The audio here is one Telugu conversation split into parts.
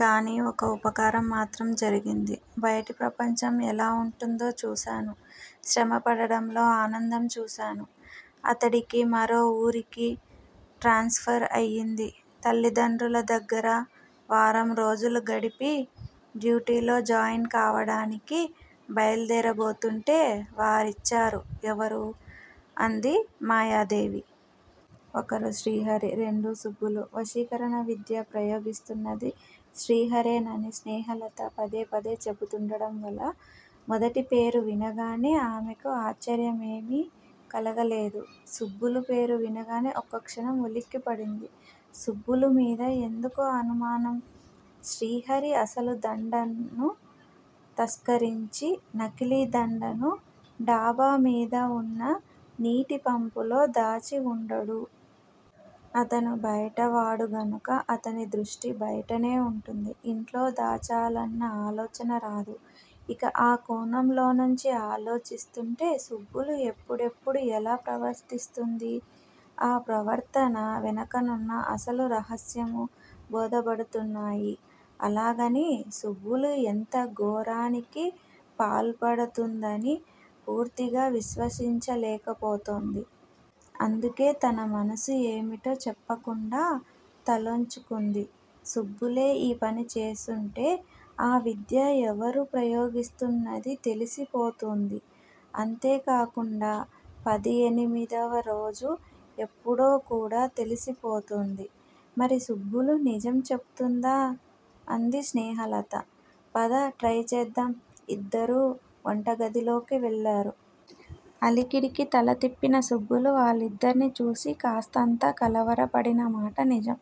కాని, ఒక్క ఉపకారం మాత్రం జరిగింది. బయటి ప్రపంచం ఎలా వుంటుందో చూశాను. శ్రమ పడడంలో ఆనందం చూశాను. అతడికి మరో వూరికి ట్రాన్స ఫర్ అయింది. తల్లిదండ్రుల దగ్గర వారం రోజులు గడిపి, డ్యూటీలో జాయిన్ కావడానికి బయల్దేరబోతుంటే వారించారు. ఎవరు? అంది మాయాదేవి. ఒకరు శ్రీహరి, రెండు సుబ్బులు వశీకరణ విద్య ప్రయోగిస్తున్నది శ్రీహరేనని స్నేహలత పదే పదే చెబుతుండడం వల్ల మొదటిపేరు వినగానే ఆమెకు ఆశ్చర్యమేమీ కలగలేదు. సుబ్బులు పేరు వినగానే ఒక్కక్షణం ఉలిక్కి పడింది. సుబ్బులు మీద ఎందుకు అనుమానం? శ్రీహరి అసలు దండను తస్కరించి నకిలీ దండను డాబా మీద వున్న నీటి పంపులో దాచి వుండడు. అతను బయట వాడు గనుక అతని దృష్టి బయటనే వుంటుంది. ఇంట్లో దాచాలన్న ఆలోచన రాదు. ఇక ఆ కోణంలోంచి ఆలోచిస్తుంటే సుబ్బులు ఎప్పుడెప్పుడు ఎలా ప్రవర్తిస్తుందీ, ఆ ప్రవర్తన వెనకనున్న అసలు రహస్యం బోధపడుతున్నాయి. అలాగని సుబ్బులు ఇంత ఘోరానికి పాల్పడుతుందని పూర్తిగా విశ్వసించ లేకపోతోంది. అందుకే తన మనసు ఏమిటో చెప్పకుండా తలొంచుకుంది. సుబ్బులే ఈ పని చేసుంటే ఆ విద్య ఎవరు ప్రయోగిస్తున్నదీ తెలిసి పోతుంది. అంతే కాకుండా పదెనిమిదవ రోజు ఎప్పుడో కూడా తెలిసిపోతుంది. మరి సుబ్బులు నిజం చెబుతుందా? అంది స్నేహలత. పద- ట్రై చేద్దాం ఇద్దరూ వంట గదిలోకి వెళ్ళారు. అలికిడికి తల తిప్పిన సుబ్బులు వాళ్ళిద్దర్నీ చూసి కాస్తంత కలవరపడిన మాట నిజం.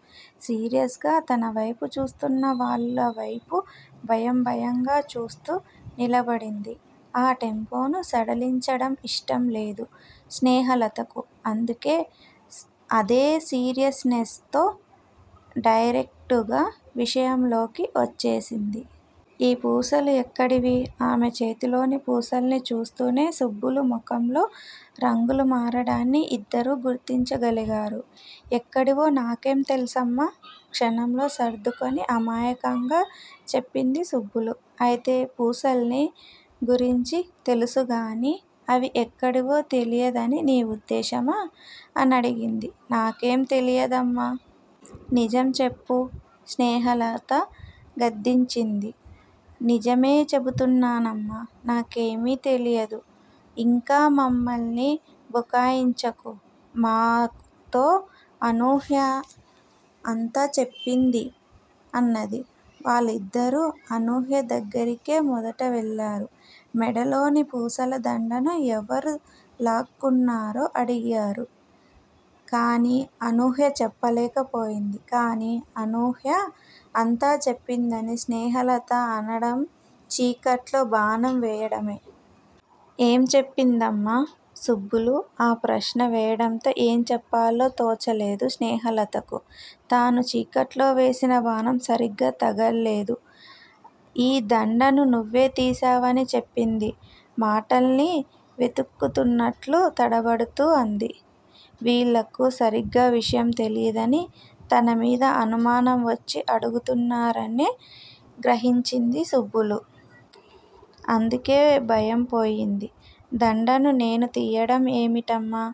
సీరియస్ గా తన వైపు చూస్తున్న వాళ్ళ వైపు భయం- భయంగా చూస్తూ నిలబడింది. ఆ టెంపోను సడలించడం ఇష్టం లేదు స్నేహలతకు. అందుకే అదే సీరియస్ నెస్ లో డైరెక్టుగా విషయంలోకి వచ్చేసింది. ఈ పూసలు ఎక్కడివి? ఆమె చేతిలోని పూసల్ని చూస్తూనే సుబ్బులు ముఖంలో రంగులు మారడాన్ని ఇద్దరూ గుర్తించగలిగారు. ఎక్కడివో నాకేం తెలుసమ్మా? క్షణంలో సర్దుకుని అమాయకంగా చెప్పింది సుబ్బులు. అయితే పూసల్ని గురించి తెలుసుగానీ, అవి ఎక్కడివో తెలియదని నీ ఉద్దేశ్యమా? అనడిగింది. నాకేం తెలియదమ్మా! నిజం చెప్పు స్నేహలత గద్దించింది. నిజమే చెబుతున్నానమ్మా- నాకేమీ తెలియదు ఇంకా మమ్మల్ని బుకాయించకు మాతో అనూహ్య అంతా చెప్పింది అన్నది. వాళ్ళిద్దరూ అనూహ్య దగ్గరకే మొదట వెళ్ళారు. మెడలోని పూసల దండను ఎవరు లాక్కున్నారో అడిగారు. కానీ అనూహ్య చెప్పలేక పోయింది. కానీ అనూహ్య అంతా చెప్పిందని స్నేహలత అనడం చీకట్లో బాణం వేయడమే. ఏం చెప్పిందమ్మా! సుబ్బులు ఆ ప్రశ్న వేయడంతో ఏం చెప్పాలో తోచలేదు స్నేహలతకు. తాను చీకట్లో వేసిన బాణం సరిగ్గా తగల్లేదు. ఈ దండను నువ్వే తీశావని చెప్పింది మాటల్ని వెదుకుతున్నట్లు తడబడుతూ అంది. వీళ్ళకు సరిగ్గా విషయం తెలియదని, తనమీద అనుమానం వచ్చి అడుగుతున్నారని గ్రహించింది సుబ్బులు. అందుకే భయం పోయింది. దండను నేను తీయడం ఏమిటమ్మా-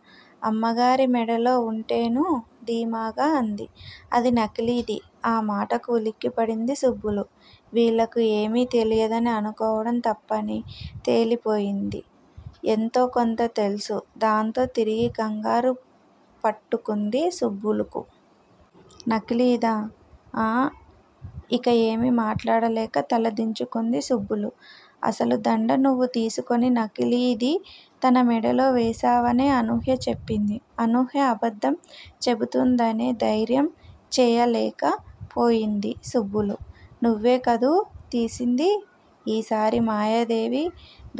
అమ్మగారి మెడలో ఉంటేనూ ధీమాగా అంది. అది నకిలీది ఆ మాటలకు ఉలిక్కి పడింది సుబ్బులు. వీళ్ళకు ఏమీ తెలియదని అనుకోవడం తప్పని తేలిపోయింది. ఎంతో కొంత తెల్సు. దాంతో తిరిగి కంగారు పట్టుకుంది సుబ్బులుకు. నకిలీదా? ఆఁ! ఇక ఏమీ మాట్లాడలేక తల దించుకుంది సుబ్బులు. అసలు దండ నువ్వు తీసుకుని నకిలీది తన మెడలో వేశావనే అనూహ్య చెప్పింది అనూహ్య అబద్ధం చెబుతోందనే ధైర్యం చేయలేక పోయింది సుబ్బులు. నువ్వే కదూ తీసింది ఈసారి మాయాదేవి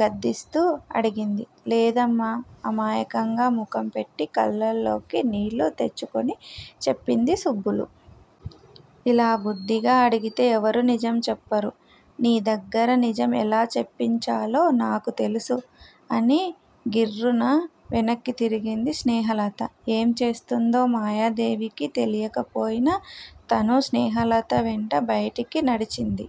గద్దిస్తూ అడిగింది. లేదమ్మా అమాయకంగా ముఖం పెట్టి కళ్ళలోకి నీళ్ళు తెచ్చుకొని చెప్పింది సుబ్బులు. ఇలా బుద్ధిగా అడిగితే ఎవరూ నిజం చెప్పరు. నీ దగ్గర నిజం ఎలా చెప్పించాలో నాకు తెలుసు అని గిర్రున వెనక్కి తిరిగింది స్నేహలత. ఏం చేస్తుందో మాయాదేవికి తెలియకపోయినా తనూ స్నేహలత వెంట బయటికి నడిచింది.